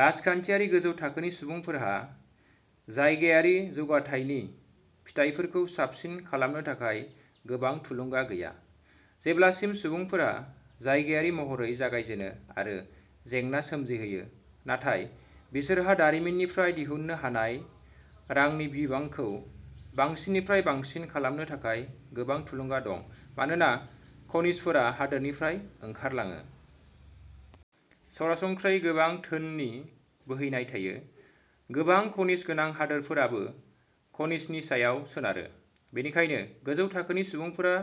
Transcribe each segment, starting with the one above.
राजखान्थियारि गोजौ थाखोनि सुबुंफोरहा जायगायारि जौगाथायनि फिथायफोरखौ साबसिन खालामनो थाखाय गोबां थुलुंगा गैया, जेब्लासिम सुबुंफोरा जायगायारि महरै जागायजेनो आरो जेंना सोमजिहोयो नाथाय बिसोरहा दारिमिननिफ्राय दिहुननो हानाय रांनि बिबांखौ बांसिननिफ्राय बांसिन खालामनो थाखाय गोबां थुलुंगा दं मानोना खनिजफोरा हादोरनिफ्राय ओंखारलाङो। सरासनस्रायै गोबां धोननि बोहैनाय थायो। गोबां खनिज गोनां हादोरफोराबो खनिजनि सायाव सोनारो। बेनिखायनो गोजौ थाखोनि सुबुंफोरा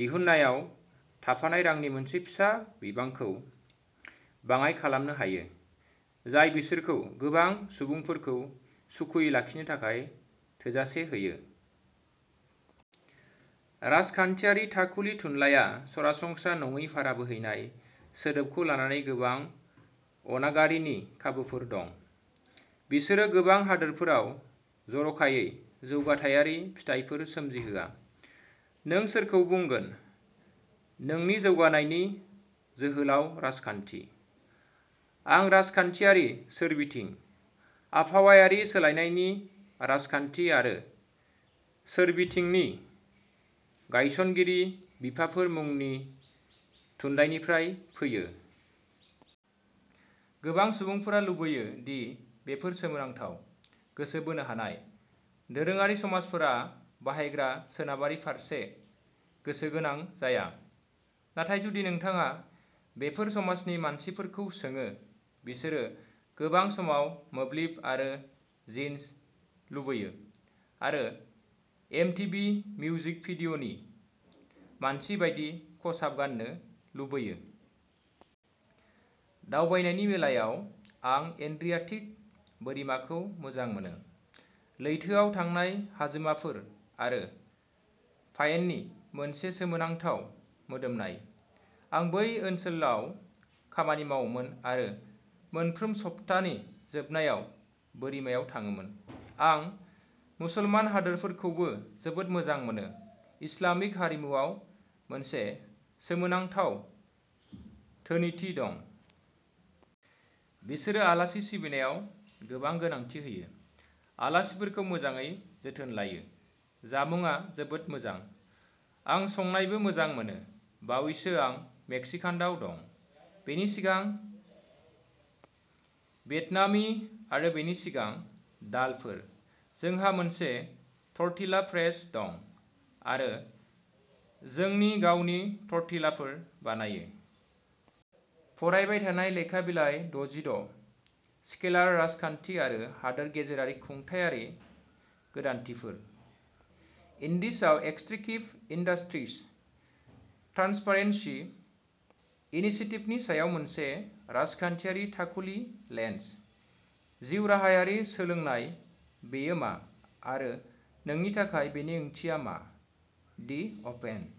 दिहुननायाव थाफानाय रांनि मोनसे फिसा बिबांखौ बाङाय खालामनो हायो, जाय बिसोरखौ गोबां सुबुंफोरखौ सुखुयै लाखिनो थाखाय थोजासे होयो। राजखान्थियारि थाखुलि थुनलाइआ 'सरासनस्रा नङि भारा बोहैनाय' सोदोबखौ लानानै गोबां अनागारिनि खाबुफोर दं। बिसोरो गोबां हादोरफोराव जर'खायै जौगाथायारि फिथायफोर सोमजिहोआ। नों सोरखौ बुंगोन नोंनि जौगानायनि जोहोलाव राजखान्थि? आं राजखान्थियारि सोरबिथिं, आबहावायारि सोलायनायनि राजखान्थि आरो सोरबिथिंनि गायसनगिरि बिफाफोर मुंनि थुनलाइनिफ्राय फैयो। गोबां सुबुंफोरा लुबैयो दि बेफोर सोमोनांथाव, गोसो बोनो हानाय, दोरोङारि समाजफोरा बाहायग्रा सोनाबारि फारसे गोसो गोनां जाया, नाथाय जुदि नोंथाङा बेफोर समाजनि मानसिफोरखौ सोङो, बिसोर गोबां समावनो मोब्लिब आरो जिन्स लुबैयो आरो एमटिभि मिउजिक भिडिअ'नि मानसि बायदि खसाब गान्नो लुबैयो। दावबायनायनि बेलायाव, आं एड्रियाटिक बोरिमाखौ मोजां मोनो, लैथोआव थांनाय हाजोमाफोर आरो पाइननि मोनसे सोमोनांथाव मोदोमनाय। आं बै ओनसोलाव खामानि मावोमोन आरो मोनफ्रोम सप्तानि जोबनायाव बोरिमायाव थाङोमोन। आं मुसलमान हादोरफोरखौबो जोबोद मोजां मोनो, इस्लामिक हारिमुआव मोनसे सोमोनांथाव धोनिथि दं। बिसोरो आलासि सिबिनायाव गोबां गोनांथि होयो, आलासिफोरखौ मोजाङै जोथोन लायो, जामुंआ जोबोद मोजां। आं संनायबो मोजां मोनो। बावैसो, आं मेक्सिकानआव दं। बेनि सिगां, भियतनामी आरो बेनि सिगां, दालफोर। जोंहा मोनसे टर्टिला प्रेस दं आरो जोंनि गावनि टर्टिलाफोर बानायो। फरायबाय थानाय लेखा बिलाइ द'जिद', स्केलार राजखान्थि आरो हादोर गेजेरारि खुंथायारि गोदानथिफोर, एन्डिजआव एक्सट्रैक्टिभ इन्डास्ट्रिज ट्रान्सपारेन्सि इनिसिटिभनि सायाव मोनसे राजखान्थियारि थाखुलि लेन्स। जिउ राहायारि सोलोंनाय बेयो मा आरो नोंनि थाखाय बेनि ओंथिया मा? दि अपेन ।